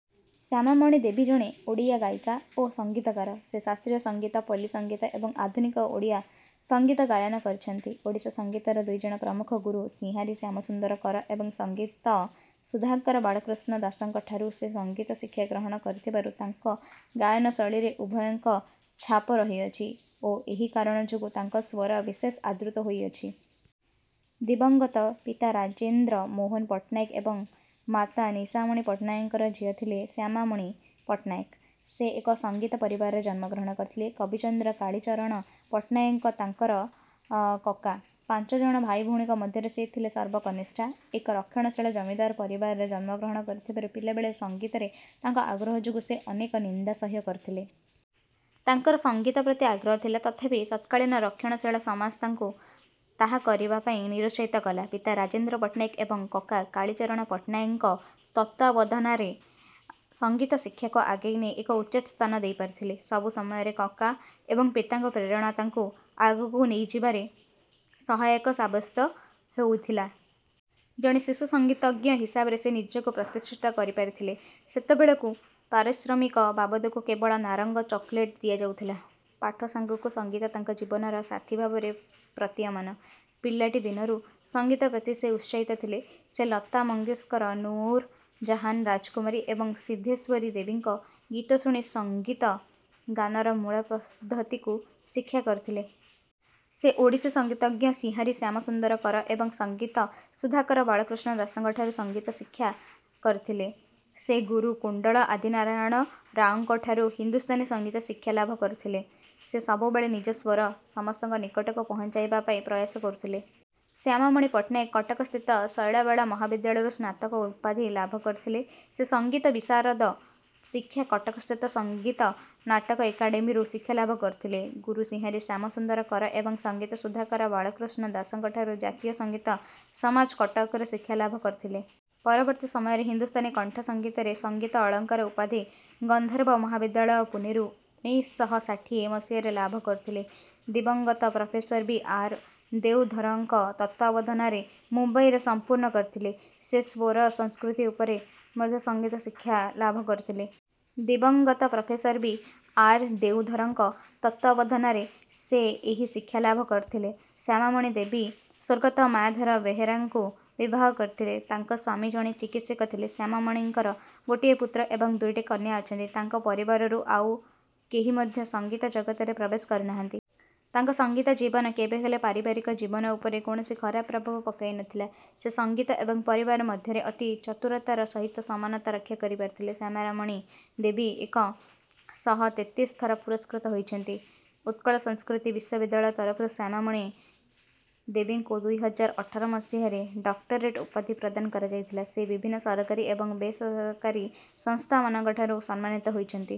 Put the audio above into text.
ଶ୍ୟାମାମଣି ଦେବୀ ଜଣେ ଓଡ଼ିଆ ଗାୟିକା ଓ ସଙ୍ଗୀତକାର। ସେ ଶାସ୍ତ୍ରୀୟ ସଙ୍ଗୀତ ପଲ୍ଲୀ ସଙ୍ଗୀତ ଏବଂ ଆଧୁନିକ ଓଡ଼ିଆ ସଙ୍ଗୀତ ଗାୟନ କରିଛନ୍ତି। ଓଡ଼ିଶୀ ସଙ୍ଗୀତର ଦୁଇଜଣ ପ୍ରମୁଖ ଗୁରୁ ସିଂହାରୀ ଶ୍ୟାମସୁନ୍ଦର କର ଏବଂ ସଙ୍ଗୀତ ସୁଧାକର ବାଳକୃଷ୍ଣ ଦାସଙ୍କଠାରୁ ସେ ସଙ୍ଗୀତ ଶିକ୍ଷା ଗ୍ରହଣ କରିଥିବାରୁ ତାଙ୍କ ଗାୟନ ଶୈଳୀରେ ଉଭୟଙ୍କ ଛାପ ରହିଅଛି ଓ ଏହି କାରଣ ଯୋଗୁଁ ତାଙ୍କ ସ୍ୱର ବିଶେଷ ଆଦୃତ ହୋଇଅଛି। ଦିବଂଗତ ପିତା ରାଜେନ୍ଦ୍ର ମୋହନ ପଟ୍ଟନାୟକ ଏବଂ ମାତା ନିଶାମଣି ପଟ୍ଟନାୟକଙ୍କ ଝିଅ ଥିଲେ ଶ୍ୟାମାମଣି ପଟ୍ଟନାୟକ। ସେ ଏକ ସଙ୍ଗୀତ ପରିବାରରେ ଜନ୍ମଗ୍ରହଣ କରିଥିଲେ। କବିଚନ୍ଦ୍ର କାଳୀଚରଣ ପଟ୍ଟନାୟକ ତାଙ୍କର କକା। ପାଞ୍ଚ ଜଣ ଭାଇଭଉଣୀଙ୍କ ମଧ୍ୟରେ ସେ ଥିଲେ ସର୍ବକନିଷ୍ଠା। ଏକ ରକ୍ଷଣଶୀଳ ଜମିଦାର ପରିବାରରେ ଜନ୍ମଗ୍ରହଣ କରିଥିବାରୁ ପିଲାବେଳେ ସଙ୍ଗୀତରେ ତାଙ୍କ ଆଗ୍ରହ ଯୋଗୁଁ ସେ ଅନେକ ନିନ୍ଦା ସହ୍ୟ କରିଥିଲେ। ତାଙ୍କର ସଙ୍ଗୀତ ପ୍ରତି ଆଗ୍ରହ ଥିଲା ତଥାପି ତତ୍କାଳୀନ ରକ୍ଷଣଶୀଳ ସମାଜ ତାଙ୍କୁ ତାହା କରିବା ପାଇଁ ନିରୁତ୍ସାହିତ କଲା। ପିତା ରାଜେନ୍ଦ୍ର ପଟ୍ଟନାୟକ ଏବଂ କକା କାଳୀଚରଣ ପଟ୍ଟନାୟକଙ୍କ ତତ୍ତ୍ୱାବଧାନରେ ସଙ୍ଗୀତ ଶିକ୍ଷାକୁ ଆଗକୁ ନେଇ ଏକ ଉଚିତ ସ୍ଥାନ ଦେଇପାରିଥିଲେ। ସବୁ ସମୟରେ କକା ଏବଂ ପିତାଙ୍କ ପ୍ରେରଣା ତାଙ୍କୁ ଆଗକୁ ନେଇଯିବାରେ ସହାୟକ ସାବ୍ୟସ୍ତ ହୋଇଥିଲା। ଜଣେ ଶିଶୁ ସଙ୍ଗୀତଜ୍ଞ ହିସାବରେ ସେ ନିଜକୁ ପ୍ରତିଷ୍ଠିତ କରିପାରିଥିଲେ। ସେତେବେଳକୁ ପାରିଶ୍ରମିକ ବାବଦକୁ କେବଳ ନାରଙ୍ଗ ଚକୋଲେଟ ଦିଆଯାଉଥିଲା। ପାଠ ସାଙ୍ଗକୁ ସଙ୍ଗୀତ ତାଙ୍କ ଜୀବନର ସାଥୀ ଭାବରେ ପ୍ରତିୟମାନ। ପିଲାଟିଦିନରୁ ସଙ୍ଗୀତ ପ୍ରତି ସେ ଉତ୍ସାହିତ ଥିଲେ। ସେ ଲତା ମଙ୍ଗେସକର ନୂର ଜାହାନ ରାଜକୁମାରୀ ଏବଂ ସିଦ୍ଧେଶ୍ୱରୀ ଦେବୀଙ୍କ ଗୀତ ଶୁଣି ସଙ୍ଗୀତ ଗାନର ମୂଳ ପଦ୍ଧତିକୁ ଶିକ୍ଷା କରିଥିଲେ। ସେ ଓଡ଼ିଶୀ ସଙ୍ଗୀତଜ୍ଞ ସିଂହାରୀ ଶ୍ୟାମସୁନ୍ଦର କର ଏବଂ ସଙ୍ଗୀତ ସୁଧାକର ବାଳକୃଷ୍ଣ ଦାସଙ୍କଠାରୁ ସଙ୍ଗୀତ ଶିକ୍ଷା କରିଥିଲେ। ସେ ଗୁରୁ କୁଣ୍ଡଳ ଆଦିନାରାୟଣ ରାଓଙ୍କଠାରୁ ହିନ୍ଦୁସ୍ଥାନୀ ସଙ୍ଗୀତ ଶିକ୍ଷା ଲାଭ କରିଥିଲେ। ସେ ସବୁବେଳେ ନିଜ ସ୍ୱର ସମସ୍ତଙ୍କ ନିକଟକୁ ପହଞ୍ଚାଇବା ପାଇଁ ପ୍ରୟାସ କରୁଥିଲେ। ଶ୍ୟାମାମଣି ପଟ୍ଟନାୟକ କଟକସ୍ଥିତ ଶୈଳବାଳା ମହାବିଦ୍ୟାଳୟରୁ ସ୍ନାତକ ଉପାଧି ଲାଭ କରିଥିଲେ। ସେ ସଙ୍ଗୀତ ବିଶାରଦ ଶିକ୍ଷା କଟକସ୍ଥିତ ସଙ୍ଗୀତ ନାଟକ ଏକାଡେମୀରୁ ଶିକ୍ଷାଲାଭ କରିଥିଲେ। ଗୁରୁ ସିଂହାରୀ ଶ୍ୟାମସୁନ୍ଦର କର ଏବଂ ସଙ୍ଗୀତ ସୁଧାକର ବାଳକୃଷ୍ଣ ଦାସଙ୍କଠାରୁ ଜାତୀୟ ସଙ୍ଗୀତ ସମାଜ କଟକରୁ ଶିକ୍ଷା ଲାଭ କରିଥିଲେ। ପରବର୍ତ୍ତୀ ସମୟରେ ହିନ୍ଦୁସ୍ତାନୀ କଣ୍ଠ ସଙ୍ଗୀତରେ ସଙ୍ଗୀତ ଅଳଙ୍କାର ଉପାଧି ଗନ୍ଧର୍ବ ମହାବିଦ୍ୟାଳୟ ପୁନେରୁ ଉଣେଇଶ ଶହ ଷାଠିଏ ମସିହାରେ ଲାଭ କରିଥିଲେ। ଦିବଂଗତ ପ୍ରଫେସର ବି ଆର ଦେଓଧରଙ୍କ ତତ୍ତ୍ୱାବଧାନରେ ମୁମ୍ବାଇରେ ସମ୍ପୂର୍ଣ୍ଣ କରିଥିଲେ। ସେ ସ୍ୱର ସଂସ୍କୃତି ଉପରେ ମଧ୍ୟ ସଙ୍ଗୀତ ଶିକ୍ଷା ଲାଭ କରିଥିଲେ। ଦିବଂଗତ ପ୍ରଫେସର ବି ଆର ଦେଓଧରଙ୍କ ତତ୍ତ୍ୱାବଧାନରେ ସେ ଏହି ଶିକ୍ଷା ଲାଭ କରିଥିଲେ। ଶ୍ୟାମାମଣି ଦେବୀ ସ୍ୱର୍ଗତ ମାୟାଧର ବେହେରାଙ୍କୁ ବିବାହ କରିଥିଲେ। ତାଙ୍କ ସ୍ୱାମୀ ଜଣେ ଚିକିତ୍ସକ ଥିଲେ। ଶ୍ୟାମାମଣିଙ୍କର ଗୋଟିଏ ପୁତ୍ର ଏବଂ ଦୁଇଟି କନ୍ୟା ଅଛନ୍ତି। ତାଙ୍କ ପରିବାରରୁ ଆଉ କେହି ମଧ୍ୟ ସଙ୍ଗୀତ ଜଗତରେ ପ୍ରବେଶ କରିନାହାନ୍ତି। ତାଙ୍କ ସଙ୍ଗୀତ ଜୀବନ କେବେହେଲେ ପାରିବାରିକ ଜୀବନ ଉପରେ କୌଣସି ଖରାପ ପ୍ରଭାବ ପକାଇନଥିଲା। ସେ ସଙ୍ଗୀତ ଏବଂ ପରିବାର ମଧ୍ୟରେ ଅତି ଚତୁରତାର ସହିତ ସମାନତା ରକ୍ଷା କରିପାରିଥିଲେ। ଶ୍ୟାମାମଣି ଦେବୀ ଏକ ଶହ ତେତିଶ ଥର ପୁରସ୍କୃତ ହୋଇଛନ୍ତି। ଉତ୍କଳ ସଂସ୍କୃତି ବିଶ୍ୱବିଦ୍ୟାଳୟ ତରଫରୁ ଶ୍ୟାମାମଣି ଦେବୀଙ୍କୁ ଦୁଇ ହଜାର ଅଠର ମସିହାରେ ଡକ୍ଟରେଟ ଉପାଧି ପ୍ରଦାନ କରାଯାଇଥିଲା। ସେ ବିଭିନ୍ନ ସରକାରୀ ଏବଂ ବେସରକାରୀ ସଂସ୍ଥାମାନଙ୍କଠାରୁ ସମ୍ମାନିତ ହୋଇଛନ୍ତି।